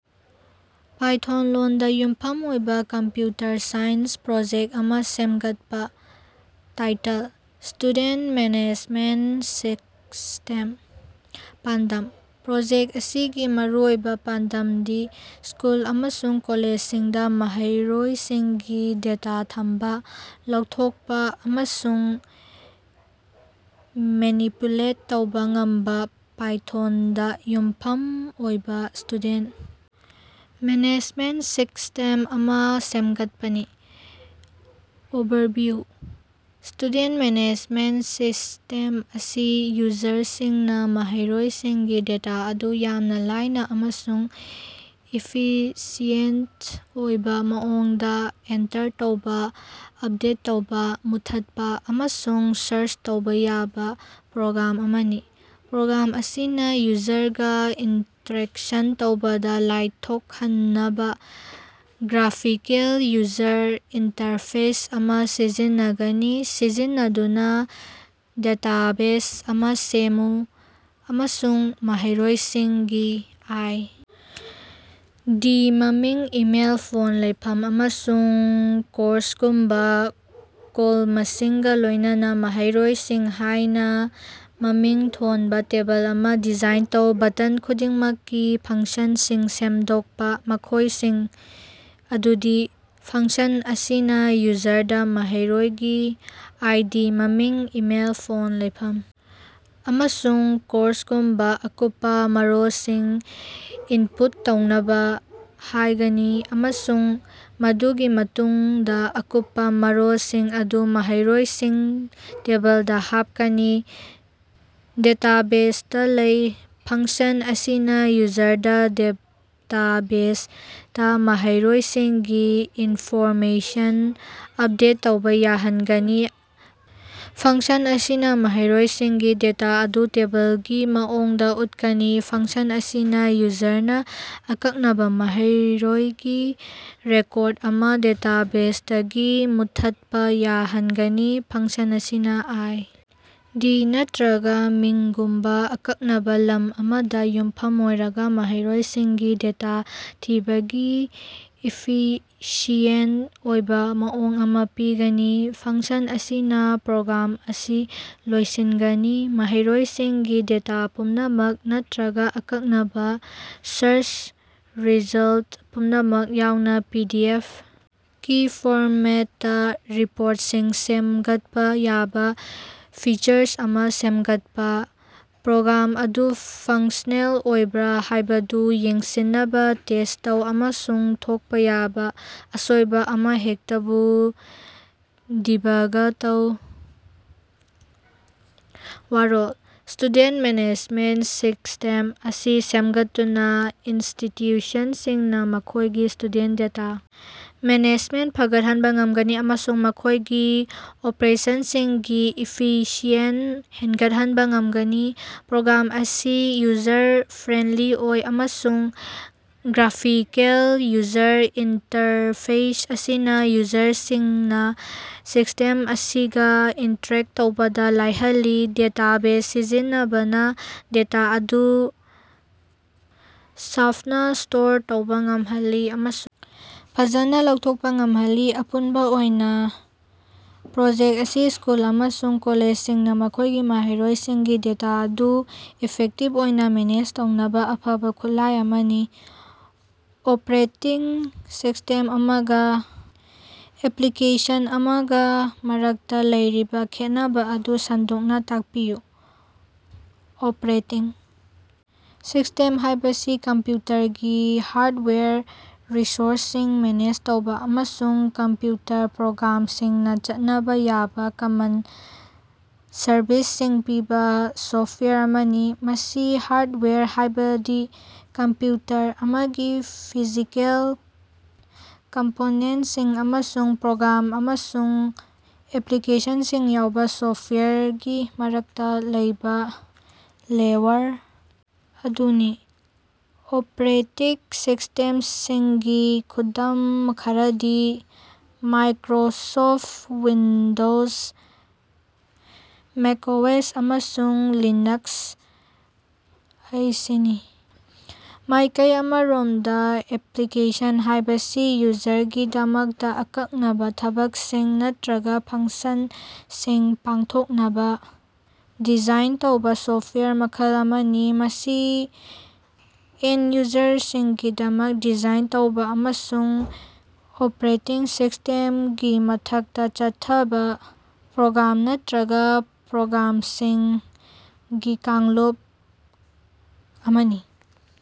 Python ꯂꯣꯟꯗ ꯌꯨꯝꯐꯝ ꯑꯣꯏꯕ ꯀꯝꯄ꯭ꯌꯨꯇꯔ ꯁꯥꯏꯟꯁ ꯄ꯭ꯔꯣꯖꯦꯛ ꯑꯃ ꯁꯦꯝꯒꯠꯄ꯫ Title: student management system. ꯄꯥꯟꯗꯝ: ꯄ꯭ꯔꯣꯖꯦꯛ ꯑꯁꯤꯒꯤ ꯃꯔꯨꯑꯣꯏꯕ ꯄꯥꯟꯗꯝꯗꯤ ꯁ꯭ꯀꯨꯜ ꯑꯃꯁꯨꯡ ꯀꯣꯂꯦꯖꯁꯤꯡꯗ ꯃꯍꯩꯔꯣꯏꯁꯤꯡꯒꯤ ꯗꯦꯇꯥ ꯊꯝꯕ, ꯂꯧꯊꯣꯛꯄ ꯑꯃꯁꯨꯡ ꯃꯦꯅꯤꯄꯨꯂꯦꯠ ꯇꯧꯕ ꯉꯝꯕ ꯄꯥꯏꯊꯣꯟꯗ ꯌꯨꯝꯐꯝ ꯑꯣꯏꯕ ꯁ꯭ꯇꯨꯗꯦꯟ ꯃꯦꯅꯦꯖꯃꯦꯟꯠ ꯁꯤꯁ꯭ꯇꯦꯝ ꯑꯃ ꯁꯦꯝꯒꯠꯄꯅꯤ꯫ ꯑꯣꯚꯔꯚꯤꯌꯨ: ꯁ꯭ꯇꯨꯗꯦꯟ ꯃꯦꯅꯦꯖꯃꯦꯟꯠ ꯁꯤꯁ꯭ꯇꯦꯝ ꯑꯁꯤ ꯌꯨꯖꯔꯁꯤꯡꯅ ꯃꯍꯩꯔꯣꯏꯁꯤꯡꯒꯤ ꯗꯦꯇꯥ ꯑꯗꯨ ꯌꯥꯝꯅ ꯂꯥꯏꯅ ꯑꯃꯁꯨꯡ ꯏꯐꯤꯁꯤꯑꯦꯟꯇ ꯑꯣꯏꯕ ꯃꯑꯣꯡꯗ ꯑꯦꯟꯇꯔ ꯇꯧꯕ, ꯑꯞꯗꯦꯠ ꯇꯧꯕ, ꯃꯨꯠꯊꯠꯄ ꯑꯃꯁꯨꯡ ꯁ꯭ꯔꯆ ꯇꯧꯕ ꯌꯥꯕ ꯄ꯭ꯔꯣꯒ꯭ꯔꯥꯝ ꯑꯃꯅꯤ꯫ ꯄ꯭ꯔꯣꯒ꯭ꯔꯥꯝ ꯑꯁꯤꯅ ꯌꯨꯖꯔꯒ ꯏꯟꯇꯔꯦꯛꯁꯟ ꯇꯧꯕꯗ ꯂꯥꯏꯊꯣꯀꯍꯟꯅꯕ ꯒ꯭ꯔꯥꯐꯤꯀꯦꯜ ꯌꯨꯖꯔ ꯏꯟꯇꯔꯐꯦꯁ ꯑꯃ ꯁꯤꯖꯤꯟꯅꯒꯅꯤ꯫ ꯁꯤꯖꯤꯟꯅꯗꯨꯅ ꯗꯦꯇꯥꯕꯦꯖ ꯑꯃ ꯁꯦꯝꯃꯨ ꯑꯃꯁꯨꯡ ꯃꯍꯩꯔꯣꯏꯁꯤꯡꯒꯤ ꯑꯥꯏ. ꯗꯤ. ꯃꯃꯤꯡ, ꯏꯃꯦꯜ, ꯐꯣꯟ, ꯂꯩꯐꯝ, ꯑꯃꯁꯨꯡ ꯀꯣꯔꯁꯒꯨꯝꯕ ꯀꯣꯂꯃꯁꯤꯡꯒ ꯂꯣꯏꯅꯅ 'ꯃꯍꯩꯔꯣꯏꯁꯤꯡ' ꯍꯥꯏꯅ ꯃꯃꯤꯡ ꯊꯣꯟꯕ ꯇꯦꯕꯜ ꯑꯃ ꯗꯤꯖꯥꯏꯟ ꯇꯧ꯫ ꯕꯇꯟ ꯈꯨꯗꯤꯡꯃꯛꯀꯤ ꯐꯪꯁꯟꯁꯤꯡ ꯁꯦꯝꯗꯣꯛꯄ, ꯃꯈꯣꯏꯁꯤꯡ ꯑꯗꯨꯗꯤ: ꯐꯪꯁꯟ ꯑꯁꯤꯅ ꯌꯨꯖꯔꯗ ꯃꯍꯩꯔꯣꯏꯒꯤ ꯑꯥꯏ. ꯗꯤ., ꯃꯃꯤꯡ, ꯏꯃꯦꯜ, ꯐꯣꯟ, ꯂꯩꯐꯝ ꯑꯃꯁꯨꯡ ꯀꯣꯔꯁꯒꯨꯝꯕ ꯑꯀꯨꯞꯄ ꯃꯔꯣꯜꯁꯤꯡ ꯏꯟꯄꯨꯠ ꯇꯧꯅꯕ ꯍꯥꯏꯒꯅꯤ ꯑꯃꯁꯨꯡ ꯃꯗꯨꯒꯤ ꯃꯇꯨꯡꯗ ꯑꯀꯨꯞꯄ ꯃꯔꯣꯜꯁꯤꯡ ꯑꯗꯨ 'ꯃꯍꯩꯔꯣꯏꯁꯤꯡ' ꯇꯦꯕꯜꯗ ꯍꯥꯞꯀꯅꯤ꯫ ꯗꯦꯇꯥꯕꯦꯖꯗ ꯂꯩ: ꯐꯪꯁꯟ ꯑꯁꯤꯅ ꯌꯨꯖꯔꯅ ꯗꯦꯇꯥꯕꯦꯖꯗ ꯃꯍꯩꯔꯣꯏꯁꯤꯡꯒꯤ ꯏꯟꯐꯣꯔꯃꯦꯁꯟ ꯑꯞꯗꯦꯠ ꯇꯧꯕ ꯌꯥꯍꯟꯒꯅꯤ꯫ ꯐꯉ꯭ꯀꯁꯟ ꯑꯁꯤꯅ ꯃꯍꯩꯔꯣꯏꯁꯤꯡꯒꯤ ꯗꯦꯇꯥ ꯑꯗꯨ ꯇꯦꯕꯜꯒꯤ ꯃꯑꯣꯡꯗ ꯎꯠꯀꯅꯤ꯫ ꯐꯪꯁꯟ ꯑꯁꯤꯅ ꯌꯨꯖꯔꯅ ꯑꯀꯛꯅꯕ ꯃꯍꯩꯔꯣꯏꯒꯤ ꯔꯦꯀꯣꯔꯗ ꯑꯃ ꯗꯦꯇꯥꯕꯦꯖꯗꯒꯤ ꯃꯨꯠꯊꯠꯄ ꯌꯥꯍꯟꯒꯅꯤ꯫ ꯐꯪꯁꯟ ꯑꯁꯤꯅ ꯑꯥꯏ. ꯗꯤ. ꯅꯠꯔꯒ ꯃꯤꯡꯒꯨꯝꯕ ꯑꯀꯛꯅꯕ ꯂꯝ ꯑꯃꯗ ꯌꯨꯝꯐꯝ ꯑꯣꯏꯔꯒ ꯃꯍꯩꯔꯣꯏꯁꯤꯡꯒꯤ ꯗꯦꯇꯥ ꯊꯤꯕꯒꯤ ꯏꯐꯤꯁꯤꯌꯦꯟꯇ ꯑꯣꯏꯕ ꯃꯑꯣꯡ ꯑꯃ ꯄꯤꯒꯅꯤ꯫ ꯐꯪꯁꯟ ꯑꯁꯤꯅ ꯄ꯭ꯔꯣꯒ꯭ꯔꯥꯝ ꯑꯁꯤ ꯂꯣꯏꯁꯤꯟꯒꯅꯤ꯫ ꯃꯍꯩꯔꯣꯏꯁꯤꯡꯒꯤ ꯗꯦꯇꯥ ꯄꯨꯝꯅꯃꯛ ꯅꯠꯇ꯭ꯔꯒ ꯑꯀꯛꯅꯕ ꯁ꯭ꯔꯆ ꯔꯤꯖꯜꯠ ꯄꯨꯝꯅꯃꯛ ꯌꯥꯎꯅ ꯄꯤ. ꯗꯤ. ꯑꯦꯐ. ꯀꯤ ꯐꯣꯔꯃꯦꯠꯇ ꯔꯤꯄꯣꯔꯠꯁꯤꯡ ꯁꯦꯃꯒꯠꯄ ꯌꯥꯕ ꯐꯤꯆꯔ ꯑꯃ ꯁꯦꯝꯒꯠꯄ꯫ ꯄ꯭ꯔꯣꯒ꯭ꯔꯥꯝ ꯑꯗꯨ ꯐꯪꯁꯅꯦꯜ ꯑꯣꯏꯕ꯭ꯔꯥ ꯍꯥꯏꯕꯗꯨ ꯌꯦꯡꯁꯤꯟꯅꯕ ꯇꯦꯁ ꯇꯧ ꯑꯃꯁꯨꯡ ꯊꯣꯛꯄ ꯌꯥꯕ ꯑꯁꯣꯏꯕ ꯑꯃꯍꯦꯛꯇꯕꯨ ꯗꯤꯕꯒ ꯇꯧ꯫ ꯋꯥꯔꯣꯜ: ꯁ꯭ꯇꯨꯗꯦꯟ ꯃꯦꯅꯦꯖꯃꯦꯟꯠ ꯁꯤꯁ꯭ꯇꯦꯝ ꯑꯁꯤ ꯁꯦꯝꯒꯠꯇꯨꯅ ꯏꯟꯁꯇꯤꯇ꯭ꯌꯨꯁꯟꯁꯤꯡꯅ ꯃꯈꯣꯏꯒꯤ ꯁ꯭ꯇꯨꯗꯦꯟ ꯗꯦꯇꯥ ꯃꯦꯅꯦꯖꯃꯦꯟꯠ ꯐꯒꯠꯍꯟꯕ ꯉꯝꯒꯅꯤ ꯑꯃꯁꯨꯡ ꯃꯈꯣꯏꯒꯤ ꯑꯣꯄꯔꯦꯁꯟꯁꯤꯡꯒꯤ ꯏꯐꯤꯁꯤꯑꯦꯟꯁꯤ ꯍꯦꯟꯒꯠꯍꯟꯕ ꯉꯝꯒꯅꯤ꯫ ꯄ꯭ꯔꯣꯒ꯭ꯔꯥꯝ ꯑꯁꯤ ꯌꯨꯖꯔ-ꯐ꯭ꯔꯦꯟꯂꯤ ꯑꯣꯏ ꯑꯃꯁꯨꯡ ꯒ꯭ꯔꯥꯐꯤꯀꯦꯜ ꯌꯨꯖꯔ ꯏꯟꯇꯔꯐꯦꯁ ꯑꯁꯤꯅ ꯌꯨꯖꯔꯁꯤꯡꯅ ꯁꯤꯁ꯭ꯇꯦꯝ ꯑꯁꯤꯒ ꯏꯟꯇꯔꯦꯛ ꯇꯧꯕꯗ ꯂꯥꯏꯍꯜꯂꯤ꯫ ꯗꯦꯇꯥꯕꯦꯖ ꯁꯤꯖꯤꯟꯅꯕꯅ ꯗꯦꯇꯥ ꯑꯗꯨ ꯁꯥꯐꯅꯥ ꯁ꯭ꯇꯣꯔ ꯇꯧꯕ ꯉꯝꯍꯜꯂꯤ ꯑꯃꯁꯨꯡ ꯐꯖꯅ ꯂꯧꯊꯣꯛꯄ ꯉꯝꯍꯜꯂꯤ꯫ ꯑꯄꯨꯟꯕ ꯑꯣꯏꯅ, ꯄ꯭ꯔꯣꯖꯦꯛ ꯑꯁꯤ ꯁ꯭ꯀꯨꯜ ꯑꯃꯁꯨꯡ ꯀꯣꯂꯦꯖꯁꯤꯡꯅ ꯃꯈꯣꯏꯒꯤ ꯃꯍꯩꯔꯣꯏꯁꯤꯡꯒꯤ ꯗꯦꯇꯥ ꯑꯗꯨ ꯏꯐꯦꯛꯇꯤꯚ ꯑꯣꯏꯅ ꯃꯦꯅꯦꯖ ꯇꯧꯅꯕ ꯑꯐꯕ ꯈꯨꯠꯂꯥꯏ ꯑꯃꯅꯤ꯫ ꯑꯣꯄꯔꯦꯇꯤꯡ ꯁꯤꯁ꯭ꯇꯦꯝ ꯑꯃꯒ ꯑꯦꯄ꯭ꯂꯤꯀꯦꯁꯟ ꯑꯃꯒ ꯃꯔꯛꯇ ꯂꯩꯔꯤꯕ ꯈꯦꯠꯅꯕ ꯑꯗꯨ ꯁꯟꯗꯣꯛꯅ ꯇꯥꯛꯄꯤꯌꯨ꯫ ꯑꯣꯄꯔꯦꯇꯤꯡ ꯁꯤꯁ꯭ꯇꯦꯝ ꯍꯥꯏꯕꯁꯤ ꯀꯝꯄ꯭ꯌꯨꯇꯔꯒꯤ ꯍꯥꯔꯗꯋꯥꯌꯔ, ꯔꯤꯁꯣꯔꯁꯁꯤꯡ ꯃꯦꯅꯦꯖ ꯇꯧꯕ ꯑꯃꯁꯨꯡ ꯀꯝꯄ꯭ꯌꯨꯇꯔ ꯄ꯭ꯔꯣꯒ꯭ꯔꯥꯝꯁꯤꯡꯅ ꯆꯠꯅꯕ ꯌꯥꯕ ꯀꯃꯟ ꯁꯔꯚꯤꯁꯁꯤꯡ ꯄꯤꯕ ꯁꯣꯐꯋꯥꯌꯔ ꯑꯃꯅꯤ꯫ ꯃꯁꯤ ꯍꯥꯔꯗꯋꯥꯌꯔ, ꯍꯥꯏꯕꯗꯤ ꯀꯝꯄ꯭ꯌꯨꯇꯔ ꯑꯃꯒꯤ ꯐꯤꯖꯤꯀꯦꯜ ꯀꯝꯄꯣꯅꯦꯟꯠꯁꯤꯡ ꯑꯃꯁꯨꯡ ꯄ꯭ꯔꯣꯒ꯭ꯔꯥꯝ ꯑꯃꯁꯨꯡ ꯑꯦꯄ꯭ꯂꯤꯀꯦꯁꯟꯁꯤꯡ ꯌꯥꯎꯕ ꯁꯣꯐꯋꯥꯌꯔꯒꯤ ꯃꯔꯛꯇ ꯂꯩꯕ ꯂꯦꯌꯔ ꯑꯗꯨꯅꯤ꯫ ꯑꯣꯄꯔꯦꯇꯤꯡ ꯁꯤꯁ꯭ꯇꯦꯝꯁꯤꯡꯒꯤ ꯈꯨꯗꯝ ꯈꯔꯗꯤ ꯃꯥꯏꯀ꯭ꯔꯣꯁꯣꯐ ꯋꯤꯟꯗꯣꯖ, ꯃꯦꯀꯑꯣꯑꯦꯁ, ꯑꯃꯁꯨꯡ ꯂꯤꯅꯛꯁ ꯑꯌꯁꯤꯅꯤ꯫ ꯃꯥꯏꯀꯩ ꯑꯃꯔꯣꯝꯗ ꯑꯦꯄ꯭ꯂꯤꯀꯦꯁꯟ ꯍꯥꯏꯕꯁꯤ ꯌꯨꯖꯔꯒꯤꯗꯃꯛꯇ ꯑꯀꯛꯅꯕ ꯊꯕꯛꯁꯤꯡ ꯅꯠꯇ꯭ꯔꯒ ꯐꯪꯁꯟꯁꯤꯡ ꯄꯥꯡꯊꯣꯛꯅꯕ ꯗꯤꯖꯥꯏꯟ ꯇꯧꯕ ꯁꯣꯐꯋꯥꯌꯔ ꯃꯈꯜ ꯑꯃꯅꯤ꯫ ꯃꯁꯤ ꯑꯦꯟꯗ-ꯌꯨꯖꯔꯁꯤꯡꯒꯤꯗꯃꯛꯇ ꯗꯤꯖꯥꯏꯟ ꯇꯧꯕ ꯑꯃꯁꯨꯡ ꯑꯣꯄꯔꯦꯇꯤꯡ ꯁꯤꯁ꯭ꯇꯦꯝꯒꯤ ꯃꯊꯛꯇ ꯆꯠꯊꯕ ꯄ꯭ꯔꯣꯒ꯭ꯔꯥꯝ ꯅꯠꯇ꯭ꯔꯒ ꯄ꯭ꯔꯣꯒ꯭ꯔꯥꯝꯁꯤꯡꯒꯤ ꯀꯥꯡꯂꯨꯞ ꯑꯃꯅꯤ꯫